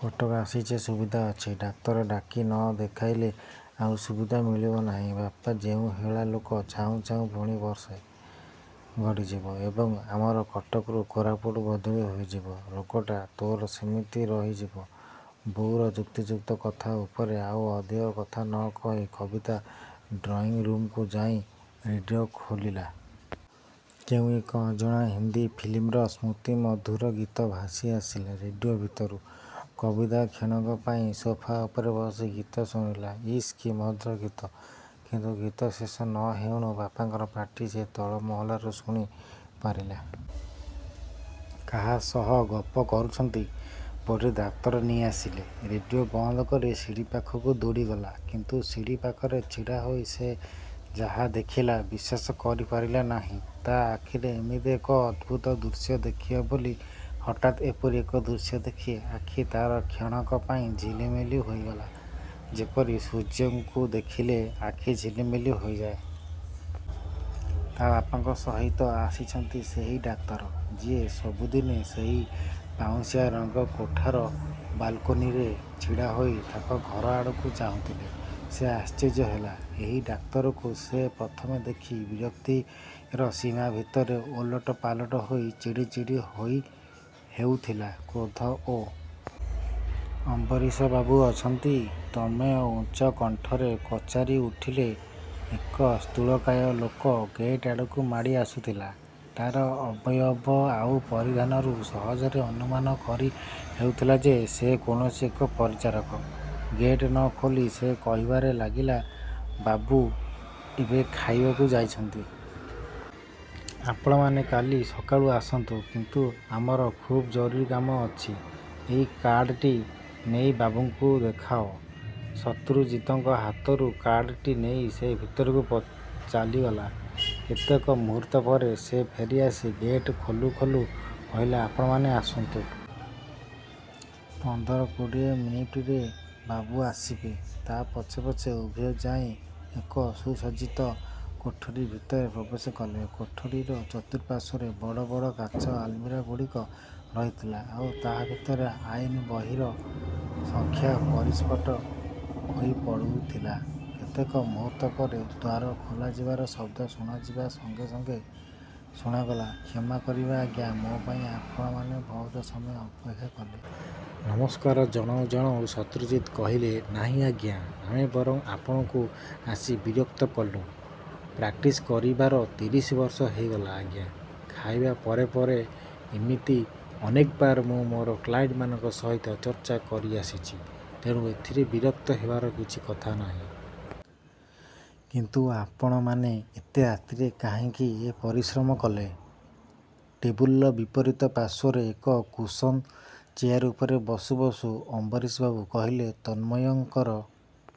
କଟକ ଆସିଛେ, ସୁବିଧା ଅଛି। ଡାକ୍ତର ଡାକି ନ ଦେଖାଇଲେ ଆଉ ସୁବିଧା ମିଳିବ ନାହିଁ। ବାପା ଯେଉଁ ହେଳା ଲୋକ, ଚାହୁଁ ଚାହୁଁ ପୁଣି ବର୍ଷେ ଗଡ଼ିଯିବ ଏବଂ ଆମର କଟକରୁ କୋରାପୁଟ ବଦଳି ହୋଇଯିବ। ରୋଗଟା ତୋର ସେମିତି ରହିଯିବ। ବୋଉର ଯୁକ୍ତିଯୁକ୍ତ କଥା ଉପରେ ଆଉ ଅଧିକ କଥା ନ କହି କବିତା ଡ୍ରଇଁରୁମ୍କୁ ଯାଇ ରେଡ଼ିଓ ଖୋଲିଲା। କେଉଁ ଏକ ଅଜଣା ହିନ୍ଦୀ ଫିଲିମ୍ର ସ୍ମୃତି ମଧୁର ଗୀତ ଭାସି ଆସିଲା ରେଡ଼ିଓ ଭିତରୁ। କବିତା କ୍ଷଣକ ପାଇଁ ସୋଫା ଉପରେ ବସି ଗୀତ ଶୁଣିଲା। ଇସ୍ କି ମଧୁର ଗୀତ। କିନ୍ତୁ ଗୀତ ଶେଷ ନ ହେଉଣୁ ବାପାଙ୍କର ପାଟି ସେ ତଳ ମହଲାରୁ ଶୁଣି ପାରିଲା। କାହା ସହିତ ଗପ କରୁଛନ୍ତି? ବୋଧେ ଡାକ୍ତର ନେଇ ଆସିଲେ। ରେଡ଼ିଓ ବନ୍ଦ କରି ସିଡ଼ି ପାଖକୁ ଦୌଡ଼ିଗଲା। କିନ୍ତୁ ସିଡ଼ି ପାଖରେ ଛିଡ଼ାହୋଇ ସେ ଯାହା ଦେଖିଲା, ବିଶ୍ୱାସ କରିପାରିଲା ନାହିଁ, ତା' ଆଖିରେ ଏମିତି ଏକ ଅଦ୍ଭୁତ ଦୃଶ୍ୟ ଦେଖିବ ବୋଲି। ହଠାତ୍ ଏପରି ଏକ ଦୃଶ୍ୟ ଦେଖି ଆଖି ତା'ର କ୍ଷଣକ ପାଇଁ ଝିଲି ମିଲି ହୋଇଗଲା, ଯେପରି ସୂର୍ଯ୍ୟକୁ ଚାହିଁଲେ ଆଖି ଝିଲି ମିଲି ହୋଇଯାଏ। ତା' ବାପାଙ୍କ ସହିତ ଆସିଛନ୍ତି ସେହି ଡାକ୍ତର, ଯିଏ ସବୁଦିନେ ସେହି ପାଉଁଶିଆ ରଙ୍ଗ କୋଠାର ବାଲକୋନିରେ ଛିଡ଼ା ହୋଇ ତାଙ୍କ ଘର ଆଡ଼କୁ ଚାହୁଁଥିଲେ। ସେ ଆଶ୍ଚର୍ଯ୍ୟ ହେଲା। ଏହି ଡାକ୍ତରକୁ ସେ ପ୍ରଥମେ ଦେଖି ବିରକ୍ତିର ସୀମା ଭିତରେ ଓଲଟ ପାଲଟ ହୋଇ ଚିଡ଼ି ଚିଡ଼ି ହେଉଥିଲା, କ୍ରୋଧ ଓ। 'ଅମ୍ବରୀଶବାବୁ ଅଛନ୍ତି? ' ତନ୍ମୟ ଉଚ୍ଚକଣ୍ଠରେ ପଚାରି ଉଠିଲେ। ଏକ ସ୍ଥୂଳକାୟ ଲୋକ ଗେଟ୍ଆଡ଼କୁ ମାଡ଼ିଆସୁଥିଲା। ତା'ର ଅବୟବ ଆଉ ପରିଧାନରୁ ସହଜରେ ଅନୁମାନ କରି ହେଉଥିଲା ଯେ ସେ କୌଣସି ଏକ ପରିଚାରକ। ଗେଟ୍ ନ ଖୋଲି ସେ କହିବାରେ ଲାଗିଲା, 'ବାବୁ ଏବେ ଖାଇବାକୁ ଯାଇଛନ୍ତି। ଆପଣମାନେ କାଲି ସକାଳୁ ଆସନ୍ତୁ। ' 'କିନ୍ତୁ ଆମର ଖୁବ୍ ଜରୁରୀ କାମ ଅଛି। ଏଇ କାର୍ଡ଼ଟି ନେଇ ବାବୁଙ୍କୁ ଦେଖାଅ। ' ଶତ୍ରୁଜିତଙ୍କ ହାତରୁ କାର୍ଡ଼ଟି ନେଇ ସେ ଭିତରକୁ ଚାଲିଗଲା। କେତେକ ମୁହୂର୍ତ୍ତ ପରେ ସେ ଫେରିଆସି ଗେଟ୍ ଖୋଲୁ ଖୋଲୁ କହିଲା, 'ଆପଣମାନେ ଆସନ୍ତୁ। ପନ୍ଦର କୋଡ଼ିଏ ମିନିଟ୍ପରେ ବାବୁ ଆସିବେ। ' ତା ପଛେ ପଛେ ଉଭୟ ଯାଇ ଏକ ସୁସଜ୍ଜିତ କୋଠରି ଭିତରେ ପ୍ରବେଶ କଲେ। କୋଠରିର ଚତୁଃପାର୍ଶ୍ୱରେ ବଡ଼ ବଡ଼ କାଚ ଆଲମିରାଗୁଡ଼ିକ ରହିଥିଲା। ଆଉ ତାହା ଭିତରେ ଆଇନ ବହିର ସଂଖ୍ୟା ପରିସ୍ଫୁଟ ହୋଇପଡ଼ୁଥିଲା। କେତେକ ମୁହୂର୍ତ୍ତ ପରେ ଦ୍ୱାର ଖୋଲିଯିବାର ଶବ୍ଦ ଶୁଣାଯିବା ସଙ୍ଗେ ସଙ୍ଗେ ଶୁଣାଗଲା, 'କ୍ଷମା କରିବେ ଆଜ୍ଞା, ମୋ ପାଇଁ ଆପଣମାନେ ବହୁତ ସମୟ ଅପେକ୍ଷା କଲେ। ' ନମସ୍କାର ଜଣାଉ ଜଣାଉ ଶତ୍ରୁଜିତ କହିଲେ, ନାହିଁ ଆଜ୍ଞା, ଆମେ ବରଂ ଆପଣଙ୍କୁ ଆସି ବିରକ୍ତ କଲୁଁ। ପ୍ରାକ୍ଟିସ କରିବାର ତିରିଶ ବର୍ଷ ହେଇଗଲା, ଆଜ୍ଞା! ଖାଇବା ପରେ ପରେ ଇମିତି ଅନେକବାର ମୁଁ ମୋର କ୍ଲାଏଣ୍ଟମାନଙ୍କ ସହିତ ଚର୍ଚ୍ଚା କରିଆସିଛି। ତେଣୁ ଏଥିରେ ବିରକ୍ତ ହେବାର କିଛି କଥା ନାହିଁ। କିନ୍ତୁ ଆପଣମାନେ ଏତେ ରାତିରେ କାହିଁକି ଏ ପରିଶ୍ରମ କଲେ? ଟେବୁଲର ବିପରୀତ ପାର୍ଶ୍ୱରେ ଏକ କୁସନ ଚେୟାର ଉପରେ ବସୁ ବସୁ ଅମ୍ବରୀଶବାବୁ କହିଲେ। ତନ୍ମୟଙ୍କର